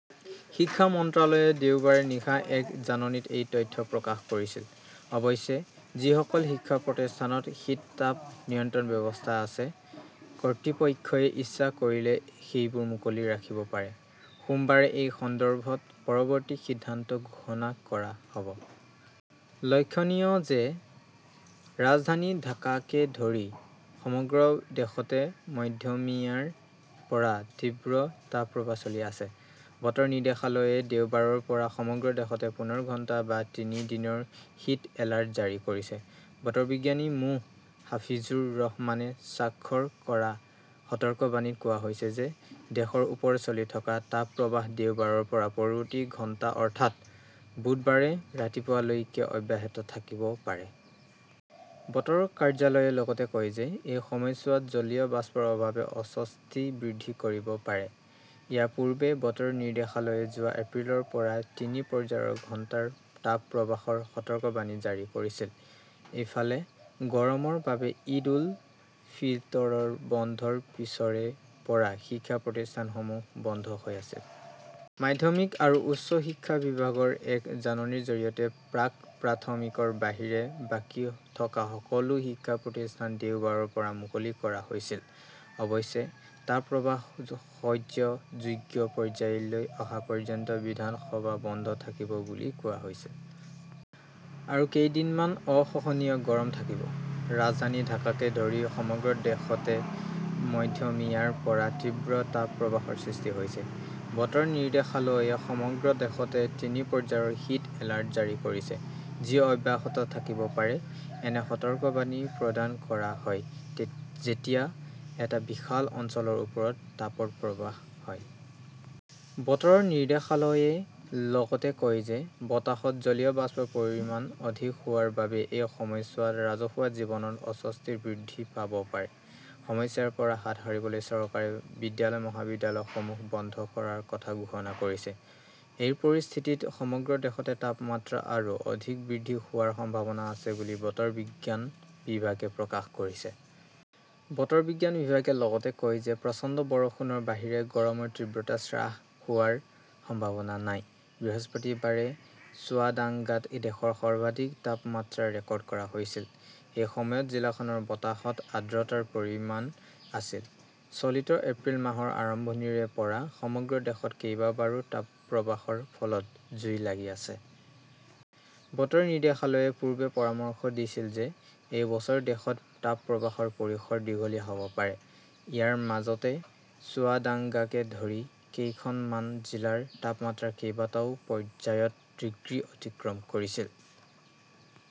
শিক্ষা মন্ত্ৰালয়ে দেওবাৰে নিশা এক জাননীত এই তথ্য প্ৰকাশ কৰিছিল। অৱশ্যে, যিসকল শিক্ষা প্ৰতিষ্ঠানত শীততাপ নিয়ন্ত্ৰণ ব্যৱস্থা আছে, কৰ্তৃপক্ষই ইচ্ছা কৰিলে সেইবোৰ মুকলি ৰাখিব পাৰে। সোমবাৰে এই সন্দৰ্ভত পৰৱৰ্তী সিদ্ধান্ত ঘোষণা কৰা হ'ব। লক্ষণীয় যে ৰাজধানী ঢাকাকে ধৰি সমগ্ৰ দেশতে মধ্যমীয়াৰ পৰা তীব্ৰ তাপপ্ৰৱাহ চলি আছে। বতৰ নিৰ্দেশালয়ে দেওবাৰৰ পৰা সমগ্ৰ দেশতে পুনৰ ঘণ্টা বা তিনি দিনৰ হিট এলাৰ্ট জাৰি কৰিছে। বতৰ বিজ্ঞানী মো. হাফিজুৰ ৰহমানে স্বাক্ষৰ কৰা সতৰ্কবাণীত কোৱা হৈছে যে, দেশৰ ওপৰত চলি থকা তাপপ্ৰৱাহ দেওবাৰৰ পৰা পৰৱৰ্তী ঘণ্টা অৰ্থাৎ বুধবাৰে ৰাতিপুৱা লৈকে অব্যাহত থাকিব পাৰে। বতৰ কাৰ্যালয়ে লগতে কয় যে, এই সময়ছোৱাত জলীয় বাষ্পৰ অভাৱে অস্বস্তি বৃদ্ধি কৰিব পাৰে। ইয়াৰ পূৰ্বে, বতৰ নিৰ্দেশালয়ে যোৱা এপ্ৰিলৰ পৰা তিনি পৰ্যায়ৰ ঘণ্টাৰ তাপপ্ৰৱাহৰ সতৰ্কবাণী জাৰি কৰিছিল। ইফালে, গৰমৰ বাবে ঈদ-উল-ফিতৰৰ বন্ধৰ পিছৰে পৰা শিক্ষা প্ৰতিষ্ঠানসমূহ বন্ধ হৈ আছিল। মাধ্যমিক আৰু উচ্চ শিক্ষা বিভাগৰ এক জাননীৰ জৰিয়তে প্ৰাক-প্ৰাথমিকৰ বাহিৰে বাকী থকা সকলো শিক্ষা প্ৰতিষ্ঠান দেওবাৰৰ পৰা মুকলি কৰা হৈছিল। অৱশ্যে, তাপপ্ৰৱাহ সহ্য যোগ্য পৰ্যায়লৈ অহা পৰ্যন্ত বিধানসভা বন্ধ থাকিব বুলি কোৱা হৈছিল। আৰু কেইদিনমান অসহনীয় গৰম থাকিব। ৰাজধানী ঢাকাকে ধৰি সমগ্ৰ দেশতে মধ্যমীয়াৰ পৰা তীব্ৰ তাপপ্ৰৱাহৰ সৃষ্টি হৈছে। বতৰ নিৰ্দেশালয়ে সমগ্ৰ দেশতে তিনি পৰ্যায়ৰ হিট এলাৰ্ট জাৰি কৰিছে, যি অব্যাহত থাকিব পাৰে। এনে সতৰ্কবাণী প্ৰদান কৰা হয় যেতিয়া এটা বিশাল অঞ্চলৰ ওপৰত তাপৰ প্ৰৱাহ হয়। বতৰৰ নিৰ্দেশালয়ে লগতে কয় যে বতাহত জলীয় বাষ্পৰ পৰিমাণ অধিক হোৱাৰ বাবে এই সময়ছোৱাত ৰাজহুৱা জীৱনত অস্বস্তি বৃদ্ধি পাব পাৰে। সমস্যাৰ পৰা হাত সাৰিবলৈ চৰকাৰে বিদ্যালয়-মহাবিদ্যালয়সমূহ বন্ধ কৰাৰ কথা ঘোষণা কৰিছে। এই পৰিস্থিতিত সমগ্ৰ দেশতে তাপমাত্ৰা আৰু অধিক বৃদ্ধি হোৱাৰ সম্ভাৱনা আছে বুলি বতৰ বিজ্ঞান বিভাগে প্ৰকাশ কৰিছে। বতৰ বিজ্ঞান বিভাগে লগতে কয় যে প্ৰচণ্ড বৰষুণৰ বাহিৰে গৰমৰ তীব্ৰতা হ্ৰাস হোৱাৰ সম্ভাৱনা নাই। বৃহস্পতিবাৰে চুৱাডাঙ্গাত দেশৰ সৰ্বাধিক তাপমাত্ৰা ৰেকৰ্ড কৰা হৈছিল। এই সময়ত জিলাখনৰ বতাহত আৰ্দ্ৰতাৰ পৰিমাণ আছিল। চলিত এপ্ৰিল মাহৰ আৰম্ভণিৰে পৰা সমগ্ৰ দেশতে কেইবাবাৰো তাপপ্ৰৱাহৰ ফলত জুই লাগি আছে। বতৰ নিৰ্দেশালয়ে পূৰ্বে পৰামৰ্শ দিছিল যে, এই বছৰ দেশত তাপপ্ৰবাহৰ পৰিসৰ দীঘলীয়া হ'ব পাৰে। ইয়াৰ মাজতে চুৱাডাঙ্গাকে ধৰি কেইখনমান জিলাৰ তাপমাত্ৰা কেইবাটাও পৰ্যায়ত ডিগ্ৰী অতিক্ৰম কৰিছিল।